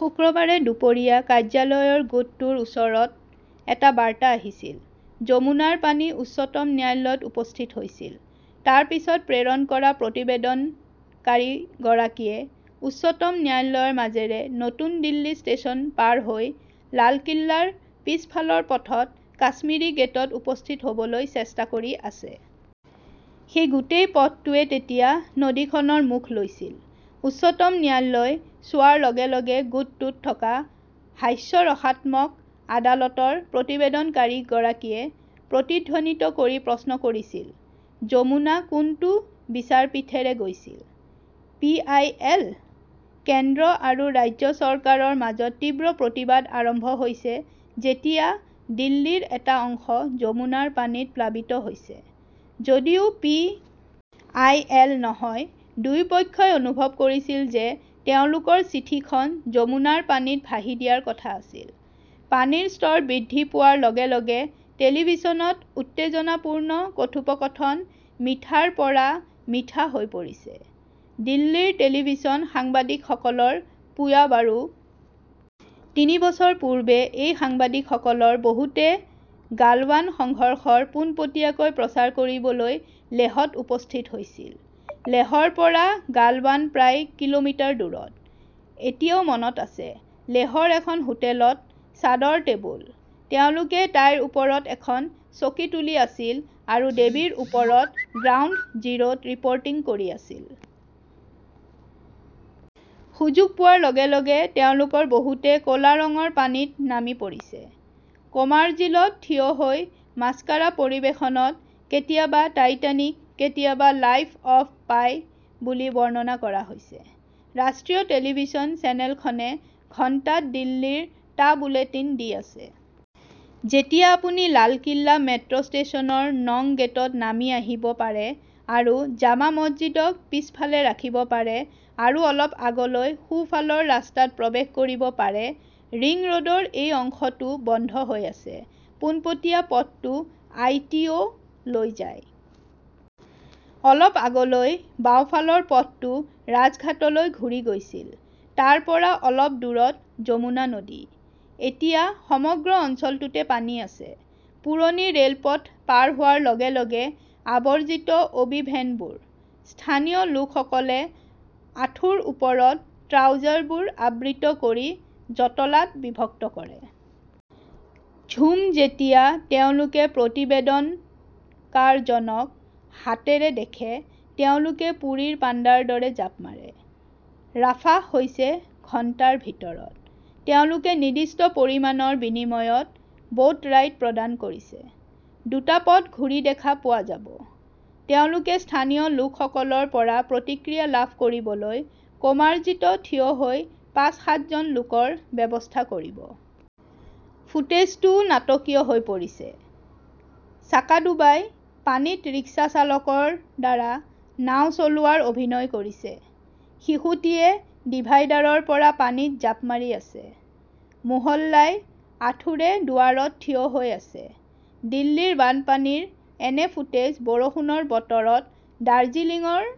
শুক্ৰবাৰে দুপৰীয়া কাৰ্যালয়ৰ গোটটোৰ ওচৰত এটা বাৰ্তা আহিছিল, যমুনাৰ পানী উচ্চতম ন্যায়ালয়ত উপস্থিত হৈছিল! তাৰ পিছত প্ৰেৰণ কৰা প্ৰতিবেদনকাৰীগৰাকীয়ে উচ্চতম ন্যায়ালয়ৰ মাজেৰে নতুন দিল্লী ষ্টেচন পাৰ হৈ লালকিল্লাৰ পিছফালৰ পথত কাশ্মীৰী গেটত উপস্থিত হ "বলৈ চেষ্টা কৰি আছে। সেই গোটেই পথটোৱে তেতিয়া নদীখনৰ মুখ লৈছিল। 'উচ্চতম ন্যায়ালয় "চোৱাৰ লগে লগে গোটটোত থকা হাস্যৰসাত্মক আদালতৰ প্ৰতিবেদনকাৰীগৰাকীয়ে প্ৰতিধ্বনিত কৰি প্ৰশ্ন কৰিছিলঃ" যমুনা কোনটো বিচাৰপীঠেৰে গৈছিল? পি. আই. এল.? "কেন্দ্ৰ আৰু ৰাজ্য চৰকাৰৰ মাজত তীব্ৰ প্ৰতিবাদ আৰম্ভ হৈছে যেতিয়া দিল্লীৰ এটা অংশ যমুনাৰ পানীত প্লাবিত হৈছে, যদিও পি. আই. এল. নহয়। দুয়োপক্ষই অনুভৱ কৰিছিল যে তেওঁলোকৰ চিঠিখন যমুনাৰ পানীত ভাহি দিয়াৰ কথা আছিল! পানীৰ স্তৰ বৃদ্ধি পোৱাৰ লগে লগে টেলিভিছনত উত্তেজনাপূৰ্ণ কথোপকথন 'মিঠা "ৰ পৰা' মিঠা" হৈ পৰিছে। দিল্লীৰ টেলিভিছন সাংবাদিকসকলৰ পোয়া বাৰো! তিনি বছৰ পূৰ্বে এই সাংবাদিকসকলৰ বহুতে গালৱান সংঘৰ্ষৰ পোনপটীয়াকৈ প্ৰচাৰ কৰিবলৈ লেহত উপস্থিত হৈছিল। লেহৰ পৰা গালৱান প্ৰায় কিলোমিটাৰ দূৰত। এতিয়াও মনত আছে, লেহৰ এখন হোটেলত ছাদৰ টেবুল। তেওঁলোকে তাইৰ ওপৰত এখন চকী তুলি আছিল আৰু দেৱীৰ ওপৰত 'গ্ৰাউণ্ড জিৰো ৰিপৰ্টিং "কৰি আছিল। সুযোগ পোৱাৰ লগে লগে তেওঁলোকৰ বহুতে ক 'লা ৰঙৰ পানীত নামি পৰিছে। কোমাৰ্জিলত থিয় হৈ মাস্কাৰা পৰিৱেশনত কেতিয়াবা "টাইটানিক", কেতিয়াবা "লাইফ অৱ পাই" বুলি বৰ্ণনা কৰা হৈছে। ৰাষ্ট্ৰীয় টেলিভিছন চেনেলখনে ঘণ্টাত দিল্লীৰ টা বুলেটিন দি আছে। যেতিয়া আপুনি লালকিল্লা মেট্ৰ 'ষ্টেচনৰ নং গেটত নামি আহিব পাৰে আৰু জামা মছজিদক পিছফালে ৰাখিব পাৰে আৰু অলপ আগলৈ সোঁফালৰ ৰাস্তাত প্ৰৱেশ কৰিব পাৰে। ৰিং ৰোডৰ এই অংশটো বন্ধ হৈ আছে। পোনপটীয়া পথটো আইটিঅ "লৈ যায়। অলপ আগলৈ বাওঁফালৰ পথটো ৰাজঘাটলৈ ঘূৰি গৈছিল। তাৰ পৰা অলপ দূৰত যমুনা নদী। এতিয়া সমগ্ৰ অঞ্চলটোতে পানী আছে। পুৰণি ৰে 'লপথ পাৰ হোৱাৰ লগে লগে আবৰ্জিত অ' বি ভেনবোৰ। স্থানীয় লোকসকলে আঁঠুৰ ওপৰত ট্ৰাউজাৰবোৰ আবৃত কৰি জটলাত বিভক্ত কৰে। বুম-যেতিয়া তেওঁলোকে প্ৰতিবেদনকাৰজনক হাতেৰে দেখে, তেওঁলোকে পুৰীৰ পাণ্ডাৰ দৰে জাপ মাৰে। ৰাফাহ হৈছে ঘণ্টাৰ ভিতৰত। তেওঁলোকে নিৰ্দিষ্ট পৰিমাণৰ বিনিময়ত 'বোট ৰাইড "প্ৰদান কৰিছে। দুটা পথ ঘূৰি দেখা পোৱা যাব। তেওঁলোকে স্থানীয় লোকসকলৰ পৰা প্ৰতিক্ৰিয়া লাভ কৰিবলৈ কোৰ্মাৰ্জিত থিয় হৈ পাঁচ-সাতজন লোকৰ ব্যৱস্থা কৰিব। ফুটেজটোও নাটকীয় হৈ পৰিছে! চাকাদোবাই পানীত ৰিক্সা চালকৰ দ্বাৰা নাও চলোৱাৰ অভিনয় কৰিছে। শিশুটিৱে ডিভাইডাৰৰ পৰা পানীত জাপ মাৰি আছে। মোহল্লাই আঁঠুৰে দুৱাৰত থিয় হৈ আছে। দিল্লীৰ বানপানীৰ এনে 'ফুটেজ "বৰষুণৰ বতৰত দাৰ্জিলিংৰ